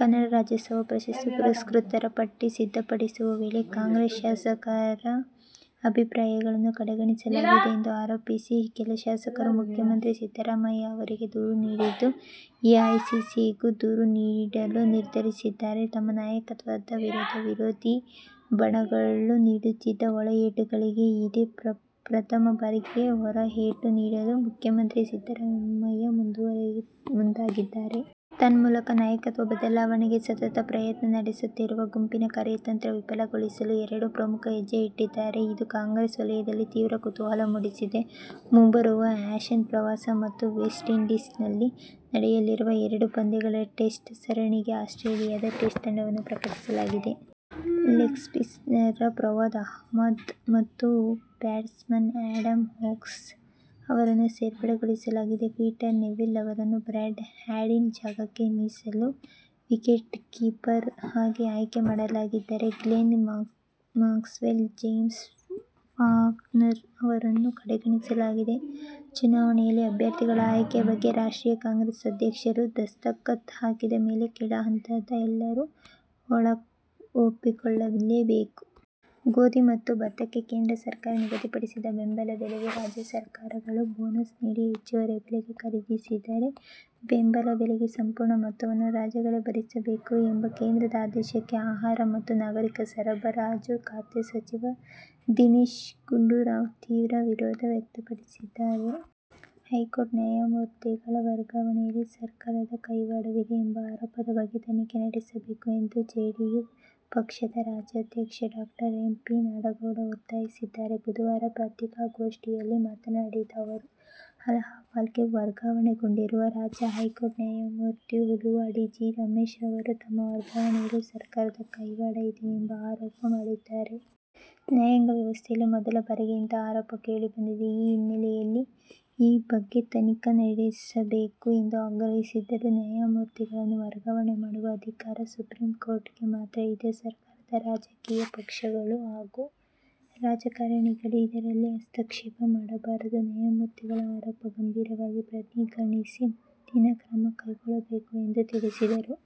ಕನ್ನಡ ರಾಜ್ಯೋತ್ಸವ ಪ್ರಶಸ್ತಿ ಪುರಸ್ಕೃತರ ಪಟ್ಟಿ ಸಿದ್ಧಪಡಿಸುವ ವೇಳೆ ಕಾಂಗ್ರೆಸ್ ಶಾಸಕರ ಅಭಿಪ್ರಾಯಗಳನ್ನು ಕಡೆಗಣಿಸಲಾಗಿದೆ ಎಂದು ಆರೋಪಿಸಿ ಕೆಲ ಶಾಸಕರು ಮುಖ್ಯಮಂತ್ರಿ ಸಿದ್ದರಾಮಯ್ಯ ಅವರಿಗೆ ದೂರು ನೀಡಿದ್ದು, ಎಐಸಿಸಿಗೂ ದೂರು ನೀಡಲು ನಿರ್ಧರಿಸಿದ್ದಾರೆ. ತಮ್ಮ ನಾಯಕತ್ವದ ವಿರುದ್ಧ ವಿರೋಧಿ ಬಣಗಳು ನೀಡುತ್ತಿದ್ದ "ಒಳ ಏಟು'ಗಳಿಗೆ ಇದೇ ಪ್ರಥಮ ಬಾರಿಗೆ "ಹೊರ ಏಟು' ನೀಡಲು ಮುಖ್ಯಮಂತ್ರಿ ಸಿದ್ದರಾಮಯ್ಯ ಮುಂದಾಗಿದ್ದಾರೆ. ತನ್ಮೂಲಕ ನಾಯಕತ್ವ ಬದಲಾವಣೆಗೆ ಸತತ ಪ್ರಯತ್ನ ನಡೆಸುತ್ತಿರುವ ಗುಂಪಿನ ಕಾರ್ಯತಂತ್ರ ವಿಫಲಗೊಳಿಸಲು ಎರಡು ಪ್ರಮುಖ ಹೆಜ್ಜೆ ಇಟ್ಟಿದ್ದಾರೆ. ಇದು ಕಾಂಗ್ರೆಸ್ ವಲಯದಲ್ಲಿ ತೀವ್ರ ಕುತೂಹಲ ಮೂಡಿಸಿದೆ. ಮುಂಬರುವ ಆ್ಯಶಸ್ ಪ್ರವಾಸ ಮತ್ತು ವೆಸ್ಟ್ಇಂಡೀಸ್ನಲ್ಲಿ ನಡೆಯಲಿರುವ ಎರಡು ಪಂದ್ಯಗಳ ಟೆಸ್ಟ್ ಸರಣಿಗಾಗಿ ಆಸ್ಟ್ರೇಲಿಯದ ಟೆಸ್ಟ್ ತಂಡವನ್ನು ಪ್ರಕಟಿಸಲಾಗಿದೆ. ಲೆಗ್ಸ್ಪಿನ್ನರ್ ಫವಾದ್ ಅಹ್ಮದ್ ಮತ್ತು ಬ್ಯಾಟ್ಸ್ಮನ್ ಆ್ಯಡಮ್ ವೋಗ್ಸ್ ಅವರನ್ನು ಸೇರ್ಪಡೆಗೊಳಿಸಲಾಗಿದೆ. ಪೀಟರ್ ನೆವಿಲ್ ಅವರನ್ನು ಬ್ರಾಡ್ ಹ್ಯಾಡಿನ್ ಜಾಗಕ್ಕೆ ಮೀಸಲು ವಿಕೆಟ್ಕೀಪರ್ ಆಗಿ ಆಯ್ಕೆ ಮಾಡಲಾಗಿದ್ದರೆ ಗ್ಲೆನ್ ಮ್ಯಾಕ್ಸ್ವೆಲ್, ಜೇಮ್ಸ್ ಫಾಕ್ನರ್ ಅವರನ್ನು ಕಡೆಗಣಿಸಲಾಗಿದೆ. ಚುನಾವಣೆಯಲ್ಲಿ ಅಭ್ಯರ್ಥಿಗಳ ಆಯ್ಕೆ ಬಗ್ಗೆ ರಾಷ್ಟ್ರೀಯ ಕಾಂಗ್ರೆಸ್ ಅಧ್ಯಕ್ಷರು ದಸ್ತಕತ್ ಹಾಕಿದ ಮೇಲೆ ಕೆಳ ಹಂತದ ಎಲ್ಲರೂ ಒಪ್ಪಿಕೊಳ್ಳಲೇಬೇಕು. ಗೋಧಿ ಮತ್ತು ಭತ್ತಕ್ಕೆ ಕೇಂದ್ರ ಸರಕಾರ ನಿಗದಿಪಡಿಸಿದ ಬೆಂಬಲ ಬೆಲೆಗೆ ರಾಜ್ಯ ಸರಕಾರ ಗಳು ಬೋನಸ್ ನೀಡಿ ಹೆಚ್ಚುವರಿ ಬೆಲೆಗೆ ಖರೀದಿಸಿದರೆ ಬೆಂಬಲ ಬೆಲೆಯ ಸಂಪೂರ್ಣ ಮೊತ್ತವನ್ನು ರಾಜ್ಯಗಳೇ ಭರಿಸಬೇಕು ಎಂಬ ಕೇಂದ್ರದ ಆದೇಶಕ್ಕೆ ಆಹಾರ ಮತ್ತು ನಾಗರಿಕ ಸರಬರಾಜು ಖಾತೆ ಸಚಿವ ದಿನೇಶ್ ಗುಂಡೂರಾವ್ ತೀವ್ರ ವಿರೋಧ ವ್ಯಕ್ತಪಡಿಸಿದ್ದಾರೆ. ಹೈಕೋರ್ಟ್ ನ್ಯಾಯಮೂರ್ತಿಗಳ ವರ್ಗಾವಣೆಯಲ್ಲಿ ಸರ್ಕಾರದ ಕೈವಾಡವಿದೆ ಎಂಬ ಆರೋಪದ ಬಗ್ಗೆ ತನಿಖೆ ನಡೆಸಬೇಕು ಎಂದು ಜೆಡಿಯು ಪಕ್ಷದ ರಾಜ್ಯಾಧ್ಯಕ್ಷ ಡಾ. ಎಂ. ಪಿ. ನಾಡಗೌಡ ಒತ್ತಾಯಿಸಿದ್ದಾರೆ. ಬುಧವಾರ ಪತ್ರಿಕಾಗೋಷ್ಠಿಯಲ್ಲಿ ಮಾತನಾಡಿದ ಅವರು, ಅಲಹಾಬಾದ್ಗೆ ವರ್ಗಾವಣೆಗೊಂಡಿರುವ ರಾಜ್ಯ ಹೈಕೋರ್ಟ್ ನ್ಯಾಯಮೂರ್ತಿ ಹುಲುವಾಡಿ ಜಿ. ರಮೇಶ್ ಅವರು ತಮ್ಮ ವರ್ಗಾವಣೆಯಲ್ಲಿ ಸರ್ಕಾರದ ಕೈವಾಡ ಇದೆ ಎಂಬ ಆರೋಪ ಮಾಡಿದ್ದಾರೆ. ನ್ಯಾಯಾಂಗ ವ್ಯವಸ್ಥೆಯಲ್ಲಿ ಮೊದಲ ಬಾರಿಗೆ ಇಂತಹ ಆರೋಪ ಕೇಳಿ ಬಂದಿದೆ. ಈ ಹಿನ್ನೆಲೆಯಲ್ಲಿ ಈ ಬಗ್ಗೆ ತನಿಖೆ ನಡೆಸಬೇಕು ಎಂದು ಆಗ್ರಹಿಸಿದರು. ನ್ಯಾಯಮೂರ್ತಿಗಳನ್ನು ವರ್ಗಾವಣೆ ಮಾಡುವ ಅಧಿಕಾರ ಸುಪ್ರೀಂಕೋರ್ಟ್ಗೆ ಮಾತ್ರ ಇದೆ. ಸರ್ಕಾರ, ರಾಜಕೀಯ ಪಕ್ಷಗಳು ಹಾಗೂ ರಾಜಕಾರಣಿಗಳು ಇದರಲ್ಲಿ ಹಸ್ತಕ್ಷೇಪ ಮಾಡಬಾರದು. ನ್ಯಾಯಮೂರ್ತಿಗಳ ಆರೋಪ ಗಂಭೀರವಾಗಿ ಪರಿಗಣಿಸಿ ಮುಂದಿನ ಕ್ರಮ ಕೈಗೊಳ್ಳಬೇಕು ಎಂದು ತಿಳಿಸಿದರು.